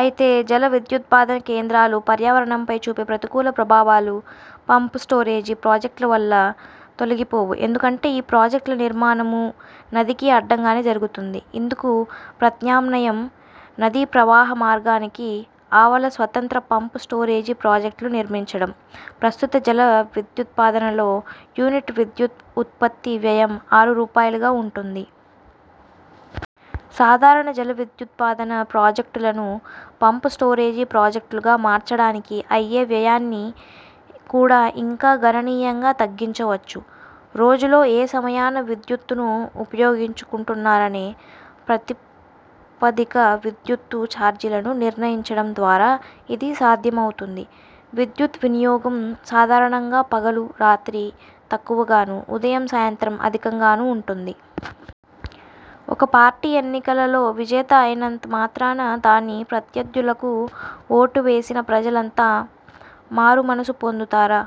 అయితే జల విద్యుదుత్పాదన కేంద్రాలు పర్యావరణంపై చూపే ప్రతికూల ప్రభావాలు పంప్– స్టోరేజి ప్రాజెక్టుల వల్ల తొలగిపోవు. ఎందుకంటే ఈ ప్రాజెక్ట్ల నిర్మాణమూ నదికి అడ్డంగానే జరుగుతుంది. ఇందుకు ప్రత్యామ్నాయం నదీ ప్రవాహ మార్గానికి ఆవల స్వతంత్ర పంప్– స్టోరేజి ప్రాజెక్టులు నిర్మించడం. ప్రస్తుతం జల విద్యుదుత్పాదనలో యూనిట్ విద్యుత్ ఉత్పత్తి వ్యయం ఆరు రూపాయలుగా వుంటుంది. సాధారణ జల విద్యుదుత్పాదన ప్రాజెక్టులను పంప్– స్టోరేజి ప్రాజెక్టులుగా మార్చడానికి అయ్యే వ్యయాన్ని కూడా ఇంకా గణనీయంగా తగ్గించవచ్చు. రోజులో ఏ సమయాన విద్యుత్తును ఉపయోగించుకుంటున్నారనే ప్రాతిపదికన విద్యుత్తు చార్జీలను నిర్ణయించడం ద్వారా ఇది సాధ్యమవుతుంది. విద్యుత్ వినియోగం సాధారణంగా పగలు, రాత్రి తక్కువగాను, ఉదయం, సాయంత్రం అధికంగాను ఉంటుంది. ఒక పార్టీ ఎన్నికలలో విజేత అయినంత మాత్రాన, దాని ప్రత్యర్థులకు ఓటు వేసిన ప్రజలంతా మారు మనసు పొందుతారా?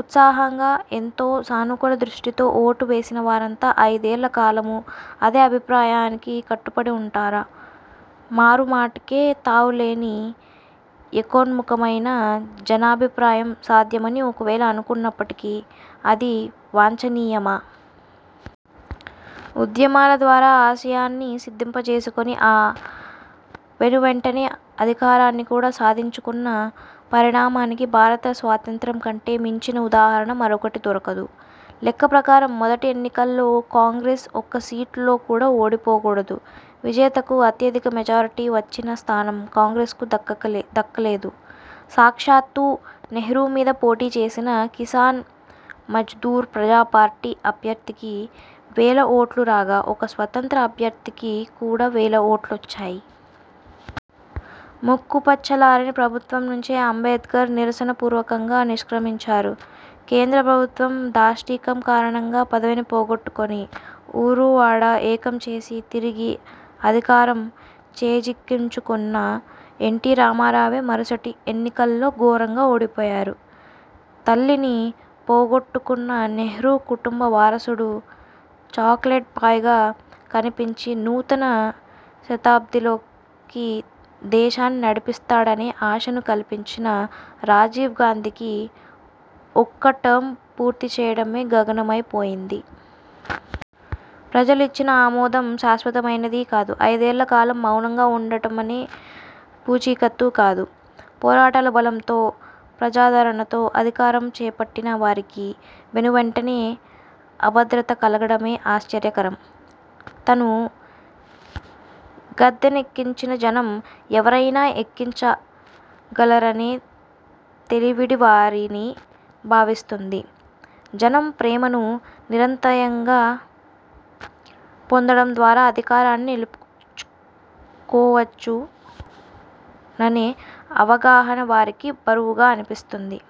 ఉత్సాహంగా ఎంతో సానుకూల దృష్టితో ఓటు వేసిన వారంతా అయిదేళ్ల కాలమూ అదే అభిప్రాయానికి కట్టుబడి ఉంటారా? మారు మాటకే తావు లేని ఏకోన్ముఖమైన జనాభిప్రాయం సాధ్యమని ఒకవేళ అనుకున్నప్పటికీ, అది వాంఛనీయమా? ఉద్యమాల ద్వారా ఆశయాన్ని సిద్ధింపజేసుకుని, ఆ వెనువెంటనే అధికారాన్ని కూడా సాధించుకున్న పరిణామానికి భారత స్వాతంత్య్రం కంటే మించిన ఉదాహరణ మరొకటి దొరకదు. లెక్కప్రకారం మొదటి ఎన్నికల్లో కాంగ్రెస్ ఒక్క సీట్లో కూడా ఓడిపోకూడదు. విజేతకు అత్యధిక మెజారిటీ వచ్చిన స్థానం కాంగ్రెస్కు దక్కలేదు. సాక్షాత్తూ నెహ్రూ మీద పోటీచేసిన కిసాన్ మజ్దూర్ ప్రజాపార్టీ అభ్యర్థికి వేల ఓట్లు రాగా, ఒక స్వతంత్ర అభ్యర్థికి కూడా వేల ఓట్లొచ్చాయి. ముక్కుపచ్చలారని ప్రభుత్వం నుంచే అంబేడ్కర్ నిరసన పూర్వకంగా నిష్క్రమించారు. కేంద్రప్రభుత్వం దాష్టీకం కారణంగా పదవిని పోగొట్టుకుని, ఊరూవాడా ఏకం చేసి తిరిగి అధికారం చేజిక్కించుకున్న ఎన్టీరామారావే మరుసటి ఎన్నికల్లో ఘోరంగా ఓడిపోయారు. తల్లిని పోగొట్టుకున్న నెహ్రూ కుటుంబ వారసుడు, చాక్లెట్ బాయ్గా కనిపించి నూతన శతాబ్దిలోకి దేశాన్ని నడిపిస్తాడనే ఆశను కల్పించిన రాజీవ్గాంధీకి ఒక్క టర్మ్ పూర్తిచేయడమే గగనమై పోయింది. ప్రజలు ఇచ్చిన ఆమోదం శాశ్వతమైనదీ కాదు, అయిదేళ్ల కాలం మౌనంగా ఉంటామనే పూచీకత్తూ కాదు. పోరాటాల బలంతో, ప్రజాదరణతో అధికారం చేపట్టిన వారికి, వెనువెంటనే అభద్రత కలగడమే ఆశ్చర్యకరం. తనను గద్దెనెక్కించిన జనం ఎవరినైనా ఎక్కించగలరనే తెలివిడి వారిని బాధిస్తుంది. జనం ప్రేమను నిరంతరాయంగా పొందడం ద్వారా అధికారాన్ని నిలుపుకోవచ్చుననే అవగాహన వారికి బరువుగా అనిపిస్తుంది.